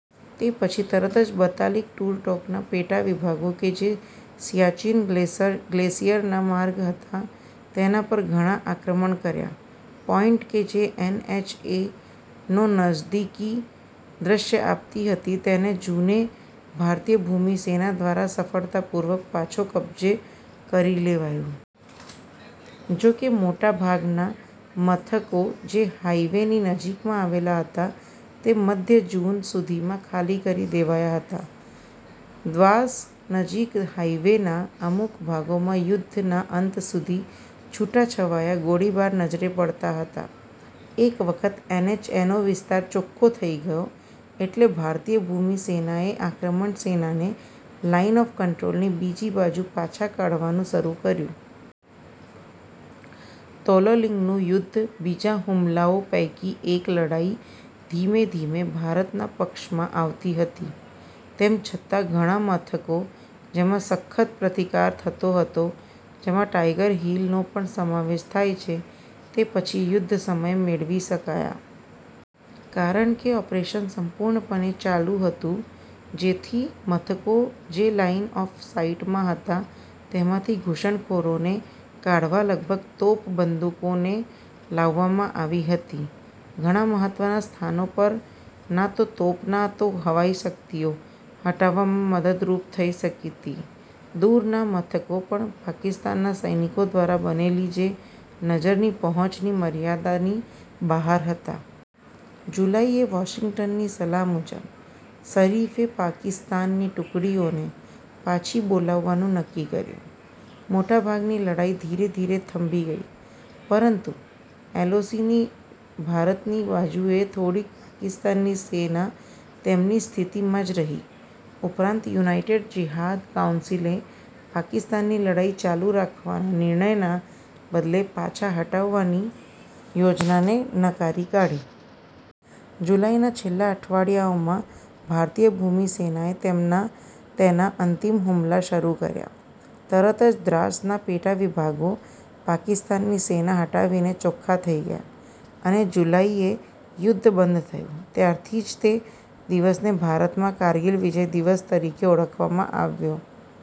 તે પછી તરત જ બતાલીક-ટૂરટોકના પેટાવિભાગો, કે જે સિયાચીન ગ્લેસિયરના માર્ગ હતા, તેના પર ઘણા આક્રમણ કર્યા. પોઈન્ટ કે જે એનએચ એ નો નજદીકી દૃશ્ય આપતી હતી તેને જૂને ભારતીય ભૂમિ સેના દ્વારા સફળતાપૂર્વક પાછો કબજે કરી લેવાયું. જો કે મોટાભાગના મથકો જે હાઈવેની નજીકમાં આવેલા હતા તે મધ્ય જૂન સુધીમાં ખાલી કરી દેવાયા હતા, દ્વાસ નજીક હાઇવેના અમુક ભાગોમાં યુદ્ધના અંત સુધી છૂટાછવાયા ગોળીબાર નજરે પડતા હતા. એક વખત એનએચ એનો વિસ્તાર ચોખ્ખો થઈ ગયો, એટલે ભારતીય ભૂમિ સેનાએ આક્રમણ સેનાને લાઈન ઓફ કંટ્રોલની બીજી બાજુ પાછા કાઢવાનું શરૂ કર્યું. તોલોલીંગનું યુદ્ધ, બીજા હુમલાઓ પૈકી એક, લડાઈ ધીમેધીમે ભારતના પક્ષમાં આવતી હતી. તેમ છતાં, ઘણા મથકો જેમાં સખત પ્રતિકાર થતો હતો, જેમાં ટાઈગર હીલ નો પણ સમાવેશ થાય છે, તે પછી યુદ્ધ સમયે મેળવી શકાયા. કારણ કે ઓપરેશન સંપૂર્ણપણે ચાલું હતું જેથી, મથકો જે લાઇન-ઓફ-સાઇટમાં હતા તેમાંથી ઘુસણખોરોને કાઢવા લગભગ તોપ બંદુકોને લાવવામાં આવી હતી. ઘણા મહત્વના સ્થાનો પર, ના તો તોપ ના તો હવાઈ શકિતઓ હટાવવામાં મદદરૂપ થઈ શકતી, દૂરના મથકો પણ પાકિસ્તાનના સૈનિકો દ્વારા બનેલી જે નજરની પહોંચની મર્યાદાની બહાર હતા. જુલાઈ એ, વોશીંગ્ટનની સલાહ મુજબ, શરીફે પાકિસ્તાનની ટુકડીઓને પાછી બોલાવવાનું નક્કી કર્યું, મોટાભાગની લડાઈ ધીરે ધીરે થંભી ગઈ, પરંતુ એલઓસીની ભારતની બાજુએ થોડીક પાકિસ્તાનની સેના તેમની સ્થિતિમાં જ રહી. ઉપરાંત, યુનાઈટેડ જીહાદ કાઉન્સીલે પાકિસ્તાનની લડાઈ ચાલુ રાખવાના નિર્ણયના બદલે, પાછા હટવાની યોજનાને નકારી કાઢી. જુલાઈના છેલ્લા અઠવાડિયાઓમાં ભારતીય ભૂમિ સેનાએ તેના અંતિમ હુમલા શરૂ કર્યા, તરત જ દ્રાસના પેટાવિભાગો પાકિસ્તાનની સેના હટાવીને ચોખ્ખા થઈ ગયા, અને જુલાઈએ યુદ્ધ બંધ થયું. ત્યારથી જ તે દિવસને ભારતમાં કારગીલ વિજય દિવસ તરીકે ઓળખાવવામાં આવ્યો.